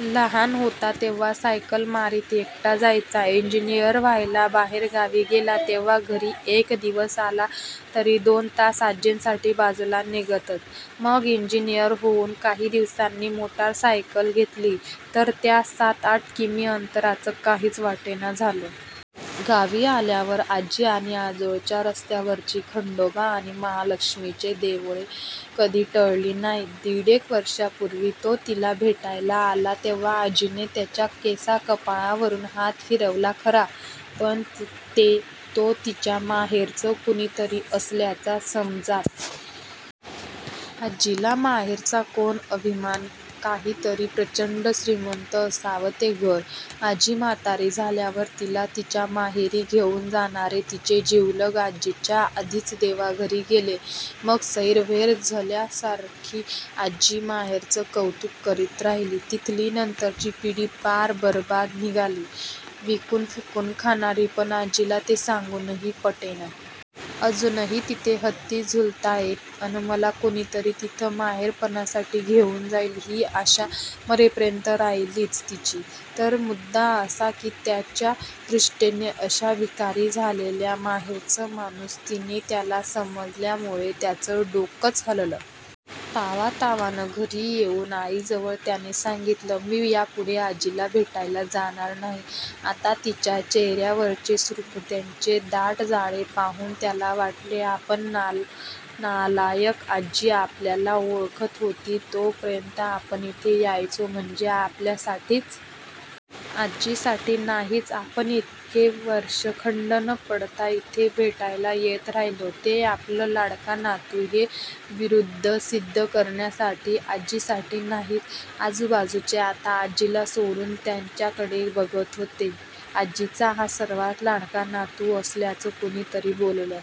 लहान होता तेव्हा सायकल मारीत एकटा जायचा. इंजिनियर व्हायला बाहेरगावी गेला, तेव्हा घरी एक दिवस आला तरी दोन तास आजीसाठी बाजूला निघतच. मग इंजिनियर होऊन काही दिवसांनी मोटरसायकल घेतली, तर त्या सात-आठ किमी अंतराचं काहीच वाटेना झालं. गावी आल्यावर आजी आणि आजोळच्या रस्त्यावरची खंडोबा आणि महाल़क्ष्मीची देवळे कधी टळली नाहीत. दीडेक वर्षापूर्वी, तो तिला भेटायला आला, तेव्हा आजीने त्याच्या केसा-कपाळावरून हात फिरवला खरा, पण ते तो तिच्या 'माहेरचं' कुणीतरी असल्याच्या समजात. आजीला माहेरचा कोण अभिमान. कधीतरी प्रचंड श्रीमंत असावं ते घर. आजी म्हातारी झाल्यावर तिला तिच्या माहेरी घेऊन जाणारे तिचे जिवलग आजीच्या आधीच देवाघरी गेले. मग सैरभैर झल्यासारखी आजी माहेरचं कौतूक करीत राहिली. तिथली नंतरची पिढी पार बरबाद निघाली- विकून फुंकून खाणारी, पण आजीला ते सांगूनही पटेना. अजूनही तिथे हत्ती झुलताहेत, अन मला कुणीतरी तिथं 'माहेरपणासाठी' घेऊन जाईल- ही आशा मरेपर्यंत राहिलीच तिची. तर मुद्दा असा, की त्याच्या दृष्टीने अशा भिकारी झालेल्या माहेरचं माणूस तिने त्याला समजल्यामूळे त्याचं डोकंच हललं. तावातावानं घरी येऊन आईजवळ त्याने सांगितलं, मी यापूढे आजीला भेटायला जाणार नाही..! आता तिच्या चेहेयावरचे सुरकुत्यांचे दाट जाळे पाहून त्याला वाटले, आपण नालायक. आजी आपल्याला 'ओळखत' होती तो पर्यंत आपण इथे यायचो. म्हणजे आपल्यासाठीच. आजीसाठी नाहीच! आपण इतकी वर्षे खंड न पाडता इथे भेटायला येत राहिलो, ते आपलं 'लाडका नातू' हे बिरूद सिध्द करण्यासाठी. आजीसाठी नाहीच आजूबाजूचे आता आजीला सोडून त्याच्याकडे बघत होते. आजीचा हा सर्वांत लाडका नातू असल्याचं कुणीतरी बोललं.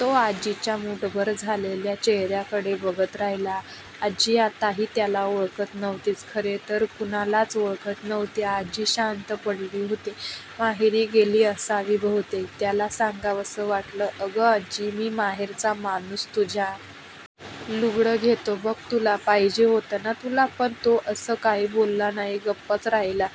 तो आजीच्या मुठभर झालेया चेहेर्याकडे बघत राहिला. आजी आताही त्याला ओळखत नव्हतीच. खरे तर कुणालाच ओळखत नव्हती. आजी शांत पडली होती. माहेरी गेली असावी बहूतेक. त्याला सांगावसं वाटलं, अगं आज्जी, मी माहेरचा माणूस तुझ्या. लुगडं घेतो बघ तुला. पाहिजे होतं ना तुला? पण तो असं काही बोलला नाही. गप्पच राहिला.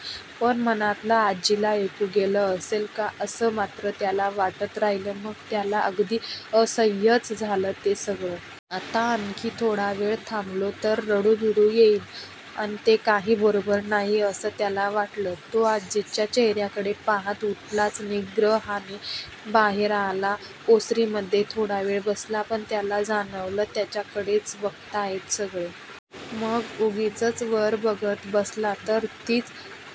पण मनातलं आजीला ऐकू गेलं असेल का, असं मात्र त्याला वाटत राहिलं. मग त्याला अगदी असह्यच झालं ते सगळं. आता आणखी थॊडा वेळ थांबलो, तर रडू-बिडू येईल, अन ते काही बरोबर नाही असं त्याला वाटलं. तो आजीच्या चेहेर्याकडे पाहत उठलाच निग्रहाने. बाहेर आला. ओसरीमध्ये थोडावेळ बसला. पण त्याला जाणवलं, त्याच्याकडेच बघताहेत सगळे. मग उगीचच वर बघत बसला. तर तीच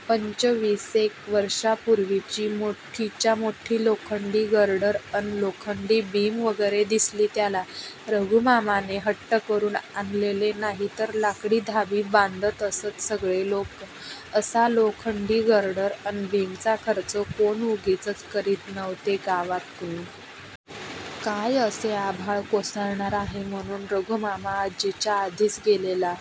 पंचवीसेक वर्षापूर्वीची मोठीच्या मोठी लोखंडी गर्डर अन लोखंडी बीम वगैरे दिसले त्याला. रघूमामाने हट्ट करून आणलेले. नाहीतर लाकडी धाबी बांधत असत सगळे लोक. असा लोखंडी गर्डर अन बीमचा खर्च कोण उगीचच करीत नव्हते गावात कुणी. काय असे आभाळ कोसळणार आहे, म्हणून. रघूमामा. आजीच्या आधीच गेलेला.